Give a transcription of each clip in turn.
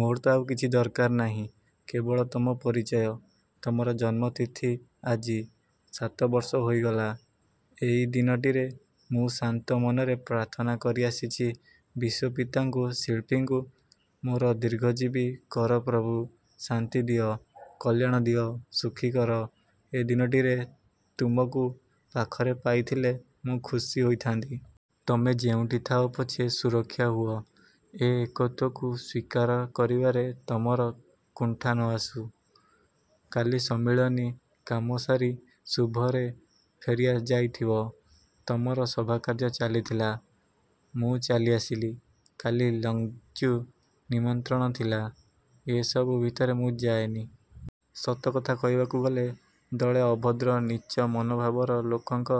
ମୋର ତ ଆଉ କିଛି ଦରକାର ନାହିଁ କେବଳ ତମ ପରିଚୟ। ତମର ଜନ୍ମତିଥି ଆଜି। ସାତବର୍ଷ ହୋଇଗଲା। ଏଇ ଦିନଟିରେ ମୁଁ ଶାନ୍ତ ମନରେ ପ୍ରାର୍ଥନା କରିଆସିଛି ବିଶ୍ଵପିତାଙ୍କୁ-ଶିଳ୍ପୀକୁ ମୋର ଦୀର୍ଘଜୀବୀ କର ପ୍ରଭୁ, ଶାନ୍ତି ଦିଅ, କଲ୍ୟାଣ ଦିଅ, ସୁଖୀ କର। ଏ ଦିନଟିରେ ତୁମକୁ ପାଖରେ ପାଇଥିଲେ ମୁଁ ଖୁସି ହୋଇଥାନ୍ତି। ତମେ ଯେଉଁଠି ଥାଅ ପଛେ ସୁରକ୍ଷା ହୁଅ। ଏ ଏକତ୍ଵକୁ ସ୍ଵୀକାର କରିବାରେ ତମର କୁଣ୍ଠା ନ ଆସୁ। କାଲି ସମ୍ମିଳନୀ କାମ ସାରି ଶୁଭରେ ଫେରିଯାଇଥିବ। ତମର ସଭାକାର୍ଯ୍ୟ ଚାଲିଥିଲା। ମୁଁ ଚାଲିଆସିଲି। କାଲି ଲଞ୍ଚ୍କୁ ନିମନ୍ତ୍ରଣ ଥିଲା। ଏ ସବୁ ଭିତରେ ମୁଁ ଯାଏନି। ସତକଥା କହିବାକୁ ଗଲେ ଦଳେ ଅଭଦ୍ର, ନୀଚ ମନୋଭାବର ଲୋକଙ୍କ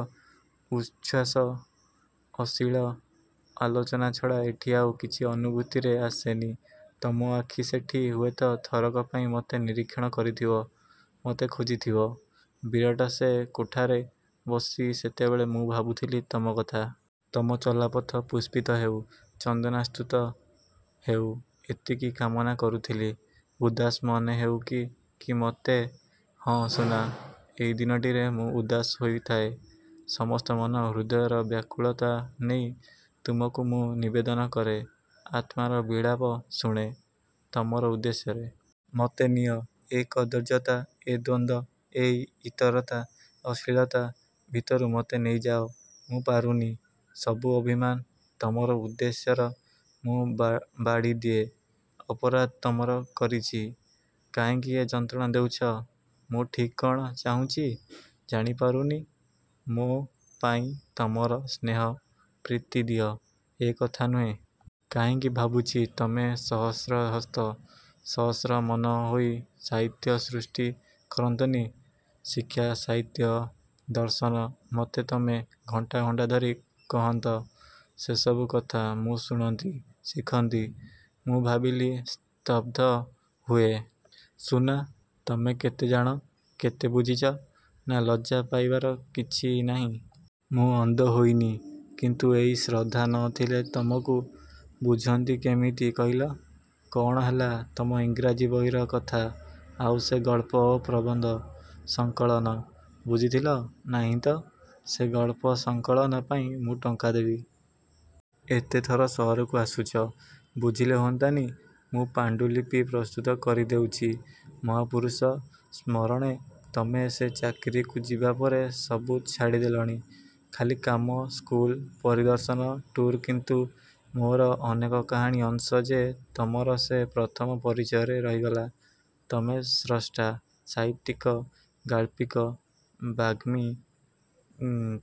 ଉଚ୍ଛ୍ଵାସ। ଅଶ୍ଳୀଳ ଆଲୋଚନା ଛଡ଼ା ଏଠି ଆଉ କିଛି ଅନୁଭୂତିରେ ଆସେନି। ତମ ଆଖି ସେଠି ହୁଏତ ଥରକ ପାଇଁ ମତେ ନିରୀକ୍ଷଣ କରିଥିବ, ମତେ ଖୋଜିଥିବ। ବିରାଟ ସେ କୋଠାରେ ବସି ସେତେବେଳେ ମୁଁ ଭାବୁଥିଲି ତମ କଥା। ତମ ଚଲାପଥ ପୁଷ୍ପିତ ହେଉ, ଚନ୍ଦନାସ୍ତୃତ ହେଉ-ଏତିକି କାମନା କରୁଥିଲି। ଉଦାସ ମନେହେଉଛି କି ମତେ? ହଁ ସୁନା, ଏଇ ଦିନଟିରେ ମୁଁ ଉଦାସ ହୋଇଥାଏ। ସମସ୍ତ ମନ ହୃଦୟର ବ୍ୟାକୁଳତା ନେଇ ତୁମକୁ ମୁଁ ନିବେଦନ କରେ। ଆତ୍ମାର ବିଳାପ ଶୁଣେ ତମର ଉଦ୍ଦେଶ୍ୟରେ। ମତେ ନିଅ; ଏ କଦର୍ଯ୍ୟତା, ଏ ଦ୍ୱନ୍ଦ, ଏ ଇତରତା, ଅଶ୍ଲୀଳତା ଭିତରୁ ମତେ ନେଇଯାଅ। ମୁଁ ପାରୁନି। ସବୁ ଅଭିମାନ ତମର ଉଦ୍ଦେଶ୍ୟର ମୁଁ ବାଢ଼ିଦିଏ। ଅପରାଧ ତମର କରିଛି? କାହିଁକି ଏ ଯନ୍ତ୍ରଣା ଦେଉଛ? ମୁଁ ଠିକ୍ କ'ଣ ଚାହୁଁଛି ଜାଣିପାରୁନି। ମୋ ପାଇଁ ତମର ସ୍ନେହ ପ୍ରୀତି ଦିଅ ଏ କଥା ନୁହେଁ। କାହିଁକି ଭାବୁଛି, ତମେ ସହସ୍ରହସ୍ତ, ସହସ୍ର ମନ ହୋଇ ସାହିତ୍ୟ ସୃଷ୍ଟି କରନ୍ତନି? ଶିକ୍ଷା, ସାହିତ୍ୟ, ଦର୍ଶନ। ମତେ ତମେ ଘଣ୍ଟା-ଘଣ୍ଟାଧରି କହନ୍ତ ସେସବୁ କଥା-ମୁଁ ଶୁଣନ୍ତି, ଶିଖନ୍ତି। ମୁଁ ଭାବିଲି ସ୍ତବ୍ଧ ହୁଏ ସୁନା! ତମେ କେତେ ଜାଣ, କେତେ ବୁଝିଛ। ନା, ଲଜ୍ଜା ପାଇବାର କିଛି ନାହିଁ। ମୁଁ ଅନ୍ଧ ହୋଇନି। କିନ୍ତୁ ଏଇ ଶ୍ରଦ୍ଧା ନ ଥିଲେ ତମକୁ। ବୁଝନ୍ତି କେମିତି କହିଲ? କଅଣ ହେଲା ତମ ଇଂରାଜୀ ବହିର କଥା? ଆଉ ସେ ଗଳ୍ପ ଓ ପ୍ରବନ୍ଧ ସଂକଳନ? ବୁଝିଥିଲ? ନାହିଁ ତ, ସେ ଗଳ୍ପ ସଂକଳନ ପାଇଁ ମୁଁ ଟଙ୍କା ଦେବି। ଏତେ ଥର ସହରକୁ ଆସୁଛ, ବୁଝିଲେ ହୁଅନ୍ତାନି? ମୁଁ ପାଣ୍ଡୁଲିପି ପ୍ରସ୍ତୁତ କରିଦେଉଛି-'ମହାପୁରୁଷ ସ୍ମରଣେ'। ତମେ ସେ ଚାକିରିକୁ ଯିବାପରେ ସବୁ ଛାଡ଼ିଦେଲଣି। ଖାଲି କାମ, ସ୍କୁଲ, ପରିଦର୍ଶନ ଟୁର୍-କିନ୍ତୁ ମୋର ଅନେକକାହାଣୀ ଅଂଶ ଯେ ତମର ସେ ପ୍ରଥମ ପରିଚୟରେ ରହିଗଲା-ତମେ ସ୍ରଷ୍ଟା।, ସାହିତ୍ୟିକ, ଗାଳ୍ପିକ, ବାଗ୍ମୀ,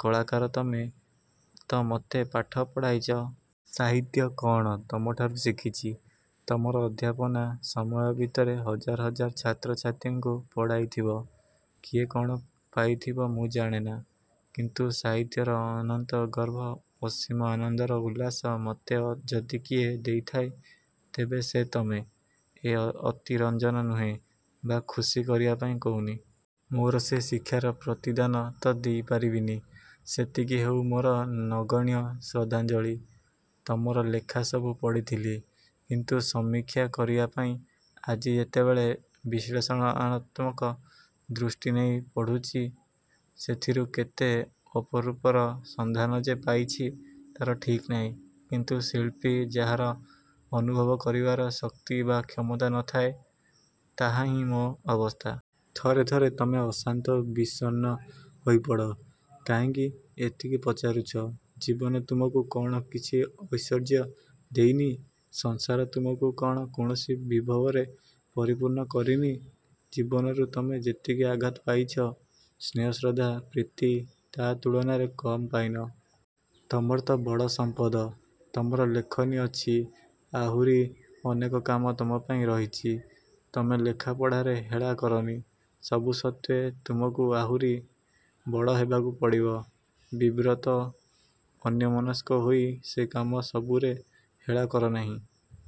କଳାକାର ତମେ ତ ମତେ ପାଠ ପଢ଼େଇଚ। ସାହିତ୍ୟ କଅଣ ତମଠାରୁ ଶିଖିଛି। ତମର ଅଧ୍ୟାପନା ସମୟ ଭିତରେ ହଜାର ହଜାର ଛାତ୍ରଛାତ୍ରୀଙ୍କୁ ପଢ଼ାଇଥିବ। କିଏ କଅଣ ପାଇଥିବ ମୁଁ ଜାଣେନା, କିନ୍ତୁ ସାହିତ୍ୟର ଅନନ୍ତଗର୍ଭ, ଅସୀମ ଆନନ୍ଦର ଉଲ୍ଲାସ ମତେ ଯଦି କିଏ ଦେଇଥାଏ, ତେବେ ସେ ତମେ। ଏ ଅତିରଞ୍ଜନ ନୁହେଁ ବା ଖୁସି କରିବାପାଇଁ କହୁନି। ମୋର ସେ ଶିକ୍ଷାର ପ୍ରତିଦାନ ତ ଦେଇପାରିବିନି-ସେତିକି ହେଉ ମୋର ନଗଣ୍ୟ ଶ୍ରଦ୍ଧାଞ୍ଜଳି। ତମର ଲେଖା ସବୁ ପଢ଼ିଥିଲି। କିନ୍ତୁ ସମୀକ୍ଷା କରିବାପାଇଁ ଆଜି ଯେତେବେଳେ ବିଶ୍ଳେଷଣାତ୍ମକ ଦୃଷ୍ଟି ନେଇ ପଡ଼ୁଛି ସେଥିରୁ କେତେ ଅପରୂପର ସନ୍ଧାନ ଯେ ପାଇଛି ତାର ଠିକ୍ ନାହିଁ। କିନ୍ତୁ ଶିଳ୍ପୀ, ଯାହାର ଅନଭୁବ କରିବାର ଶକ୍ତି ବା କ୍ଷମତା ନଥାଏ, ତାହାହିଁ ମୋ ଅବସ୍ଥା। ଥରେ ଥରେ ତୁମେ ଅଶାନ୍ତ ବିଷର୍ଣ୍ଣ ହୋଇପଡ଼। କାହିଁକି? ଏତିକି ପଚାରୁଛ, ଜୀବନ ତୁମକୁ କଅଣ କିଛି ଐଶ୍ୱର୍ଯ୍ୟ ଦେଇନି? ସଂସାର ତୁମକୁ କଅଣ କୌଣସି ବିଭବରେ ପରିପୂର୍ଣ୍ଣ କରିନି? ଜୀବନରୁ ତମେ ଯେତିକି ଆଘାତ ପାଇଛ, ସ୍ନେହଶ୍ରଦ୍ଧା, ପ୍ରୀତି ତା ତୁଳନାରେ କମ୍ ପାଇନ। ତମର ତ ବଡ଼ ସମ୍ପଦ ତମର ଲେଖନୀ ଅଛି। ଆହୁରି ଅନେକ କାମ ତମପାଇଁ ରହିଛି। ତମେ ଲେଖାପଢ଼ାରେ ହେଳା କରନି। ସବୁ ସତ୍ତ୍ୱେ ତୁମକୁ ଆହୁରି ବଡ଼ ହେବାକୁ ପଡ଼ିବ। ବିବ୍ରତ ଅନ୍ୟମନସ୍କ ହୋଇ ସେ କାମ ସବୁରେ ହେଳା କରନାହିଁ।